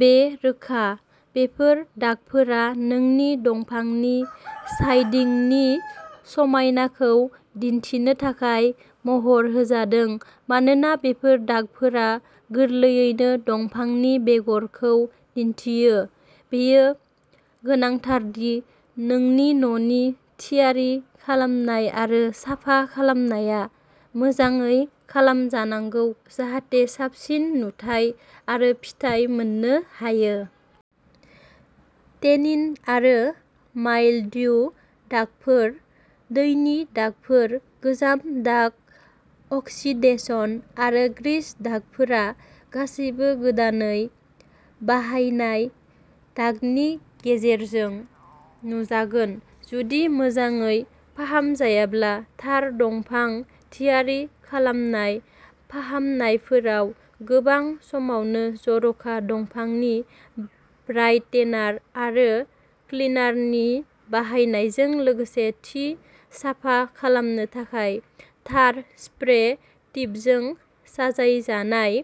बे-रोखा। बेफोर दागफोरा नोंनि दंफांनि साइदिंनि समायनाखौ दिन्थिनो थाखाय महर होजादों। मानोना बेफोर दागफोरा गोरलैयैनो दंफांनि बेगरखौ दिन्थियो, बेयो गोनांथार दि नोंनि न'नि थियारि खालामनाय आरो साफा खालामनाया मोजाङै खालामजानांगौ जाहाथे साबसिन नुथाय आरो फिथाइ मोननो हायो। टेनिन आरो माइल्ड्यु दागफोर, दैनि दागफोर, गोजाम दाग अक्सिडेशन आरो ग्रीस दागोफोरा गासैबो गोदानै बाहायनाय दागनि गेजेरजों नुजागोन जुदि मोजाङै फाहामजायाब्ला। थार दंफां थियारि खालामनाय फाहामनायफोराव गोबां समावनो जर'खा दंफांनि ब्राइटेनार आरो क्लिनारनि बाहायनायजों लोगोसे थि साफा खालामनो थाखाय थार स्प्रे टिपजों साजायजानाय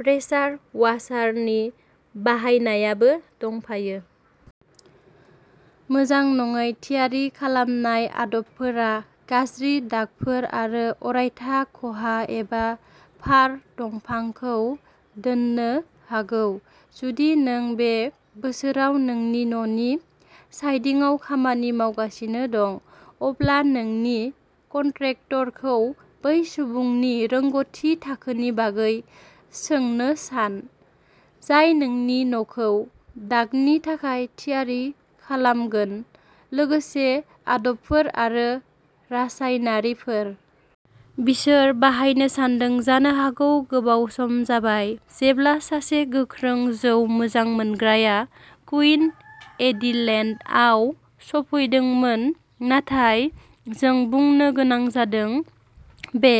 प्रेसार वाशारनि बाहायनायबो दंफायो। मोजां नङै थियारि खालामनाय आदबफोरा गाज्रि दागफोर आरो अरायथा खहा एबा फार दंफांखौ दोननो हागौ। जुदि नों बे बोसोराव नोंनि न'नि साइदिंआव खामानि मावगासिनो दं, अब्ला नोंनि कन्ट्रेक्टरखौ बै सुबुंनि रोंग'थि थाखोनि बागै सोंनो सान, जाय नोंनि न'खौ दागनि थाखाय थियारि खालामगोन लोगोसे आदबफोर आरो रासायनारिफोर। बिसोर बाहायनो सानदों। जानो हागौ गोबाव सम जाबाय जेब्ला सासे गोख्रों जौ मोजां मोनग्राया कुइन एडिलेडआव सौफैदोंमोन, नाथाय जों बुंनो गोनां जादों, बे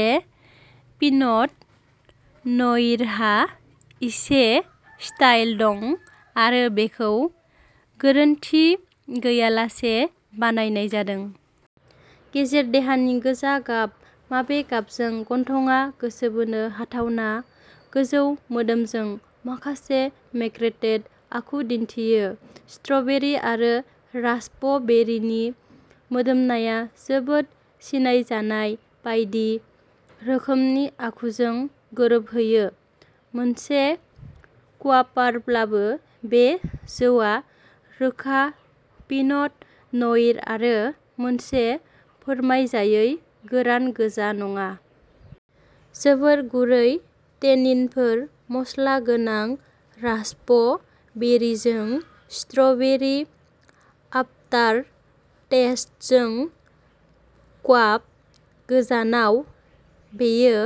पिनट न'इरहा एसे स्टाइल दं आरो बेखौ गोरोनथि गैयालासे बानायनाय जादों। गेजेर देहानि गोजा गाब, मावे गाबजों। गन्थंआ गोसो बोनो हाथावना, गोजौ मोदोमजों, माखासे मेकरेटेड आखु दिन्थियो। स्ट्र'बेरि आरो रास्पबेरिनि मोदोमनाया जोबोद सिनायजानाय बायदि रोखोमनि आखुजों गोरोबहैयो। मोनसे क्वाफारब्लाबो, बे जौआ रोखा पिनट न'इर-आरो मोनसे फोरमायजायै गोरान गोजा नङा। जोबोद गुरै टेनिनफोर, मस्ला गोनां रास्पबेरीजों, स्ट्र'बेरि आफटारटेस्टजों। क्वाफ गोजानाव! बेयो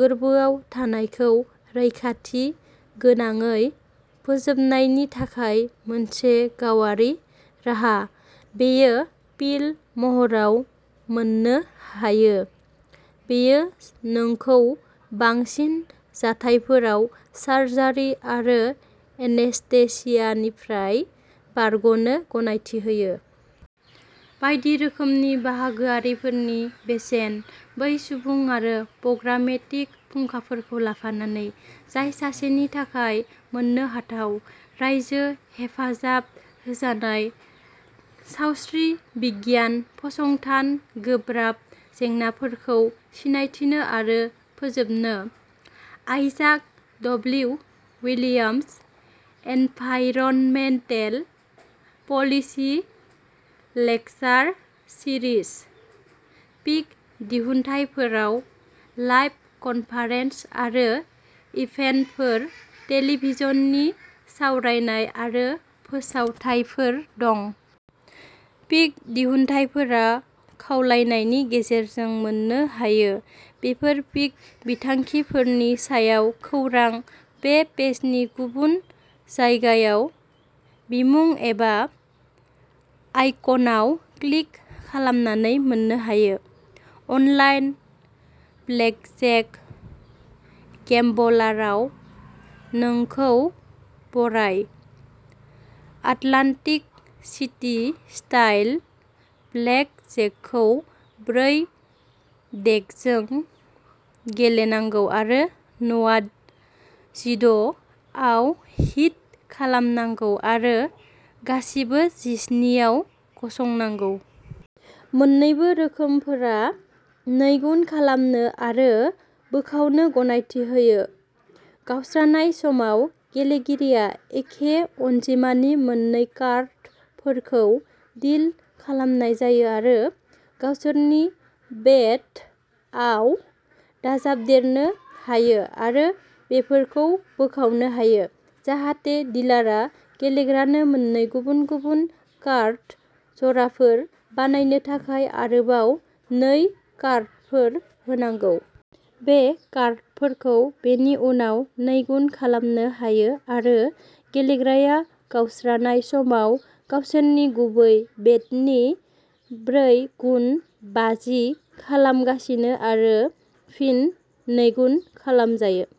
गोरबोआव थानायखौ रैखाथिगोनाङै फोजोबनायनि थाखाय मोनसे गावारि राहा। बेयो पिल महराव मोननो हायो। बेयो नोंखौ बांसिन जाथायफोराव सार्जारि आरो एनेस्थेसियानिफ्राय बारग'नो गनायथि होयो। बायदि रोखोमनि बाहागोआरिफोरनि बेसेन-बै सुबुं आरो प्रग्रामेटिक फुंखाफोरखौ लाफानानै जाय सासेनि थाखाय मोननोहाथाव। रायजो-हेफाजाब होजानाय, सावस्रि बिगियान फसंथान-गोब्राब जेंनाफोरखौ सिनायथिनो आरो फोजोबनो। Isaac W. Williams environmental policy lecture series. पिक'दिहुनथायफोराव लाइभ कनफारेन्स आरो इभेन्टफोर, टेलिभिजननि सावरायनाय आरो फोसावथायफोर दं। पिक'दिहुनथायफोरा खावलायनायनि गेजेरजों मोननो हायो। बेफोर पिक'बिथांखिफोरनि सायाव खौरां बे पेजनि गुबुन जायगायाव बिमुं एबा आइकनआव क्लिक खालामनानै मोननो हायो। अनलाइन ब्लेकजेक गेम्बलारआव नोंखौ बराय! आटलान्टिक सिटी स्टाइल ब्लेकजेकखौ ब्रै डेकजों गेलेनांगौ आरो न'आ जिद' आव हिट खालामनांगौ आरो गासिबो जिस्नि आव गसंनांगौ। मोन्नैबो रोखोमफोरा नैगुन खालामनो आरो बोखावनो गनायथि होयो। गावस्रानाय समाव, गेलेगिरिया एखे अनजिमानि मोन्नै कार्डफोरखौ डिल खालामनाय जायो आरो गावसोरनि बेटआव दाजाबदेरनो हायो आरो बेफोरखौ बोखावनो हायो जाहाथे डिलारआ गेलेग्रानो मोननै गुबुन-गुबुन कार्ड जराफोर बानायनो थाखाय आरोबाव नै कार्डफोर होनांगौ। बे कार्डफोरखौ बेनि उनाव नैगुन खालामनो हायो आरो गेलेग्राया गावस्रानाय समाव गावसोरनि गुबै बेटनि ब्रै गुन बाजि खालामगासिनो आरो फिन नैगुन खालामजायो।